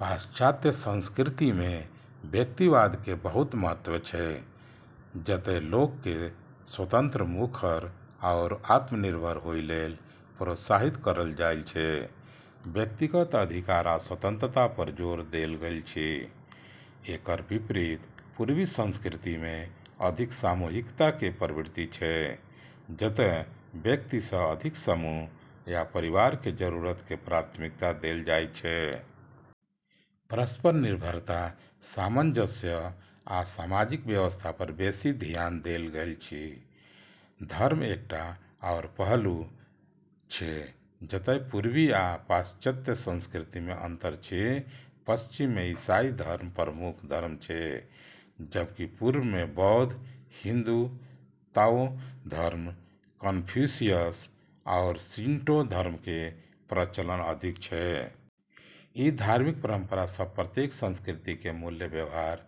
पाश्चात्य संस्कृतिमे व्यक्तिवादके बहुत महत्व छै, जतऽ लोकके स्वतंत्र, मुखर, आओर आत्मनिर्भर होइ लेल प्रोत्साहित करल जाइ छै। व्यक्तिगत अधिकार आ स्वतंत्रता पर जोर देल गेल अछि। एकर विपरीत पूर्वी संस्कृतिमे अधिक सामूहिकताके प्रवृत्ति छै, जतऽ व्यक्तिसँ अधिक समूह या परिवारके जरूरतके प्राथमिकता देल जाइ छै। परस्पर निर्भरता, सामंजस्य, आ सामाजिक व्यवस्था पर बेशी धियान देल गेल अछि। धर्म एकटा आओर पहलू अछि जतय पूर्वी आ पाश्चात्य संस्कृतिमे अंतर अछि पश्चिममे ईसाई धर्म प्रमुख धर्म छै, जबकि पूर्वमे बौद्ध, हिन्दू, ताओ धर्म, कन्फ्यूशियस, आओर शिंटो धर्मके प्रचलन अधिक छै। ई धार्मिक परंपरा सब प्रत्येक संस्कृतिके मूल्य, व्यवहार,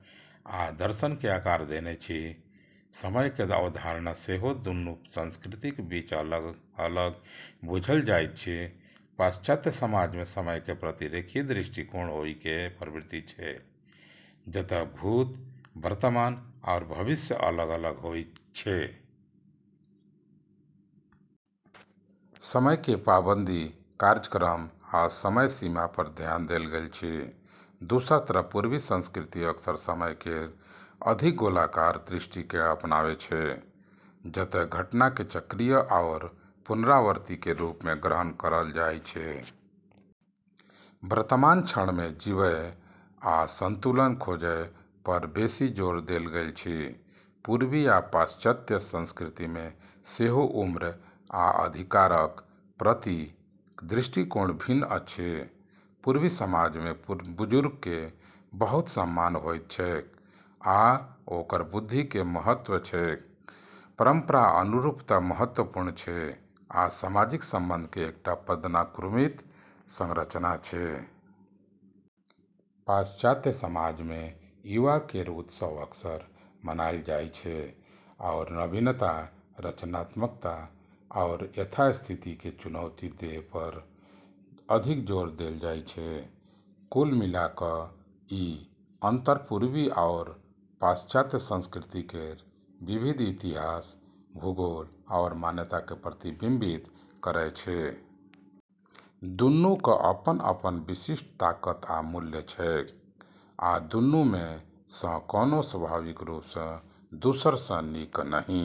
आ दर्शनके आकार देने अछि समयक अवधारणा सेहो दुन्नु संस्कृतिक बीच अलग-अलग बूझल जाइत अछि पाश्चात्य समाजमे समयके प्रति रेखीय दृष्टिकोण होइके प्रवृत्ति छै, जतऽ भूत, वर्तमान आओर भविष्य अलग-अलग होइ छै। समयके पाबंदी, कार्यक्रम, आ समय सीमा पर ध्यान देल गेल अछि। दोसर तरफ पूर्वी संस्कृति अक्सर समय केर अधिक गोलाकार दृष्टिकोणके अपनाबै छै, जतऽ घटनाके चक्रीय आओर पुनरावर्तीके रूपमे ग्रहण करल जाइ छै। वर्तमान क्षणमे जीबय आ संतुलन खोजय पर बेशी जोर देल गेल अछि । पूर्वी आ पाश्चात्य संस्कृतिमे सेहो उम्र आ अधिकारक प्रति दृष्टिकोण भिन्न अछि पूर्वी समाजमे बुजुर्गके बहुत सम्मान होइत छैक आ ओकर बुद्धिके महत्व छैक परंपरा आ अनुरूपता महत्वपूर्ण छै, आ सामाजिक संबंधके एकटा पदानुक्रमित संरचना छै । पाश्चात्य समाजमे युवा केर उत्सव अक्सर मनाइल जाइ छै, आओर नवीनता, रचनात्मकता, आओर यथास्थितिके चुनौती दै पर अधिक जोर देल जाइ छै। कुल मिला क' ई अंतर पूर्वी आओर पाश्चात्य संस्कृति केर विविध इतिहास, भूगोल, आओर मान्यताके प्रतिबिंबित करै छै। दुन्नूक अपन-अपन विशिष्ट ताकत आ मूल्य छैक, आ दुन्नूमे सँ कोनो स्वाभाविक रूप सँ दोसर सँ नीक नहि।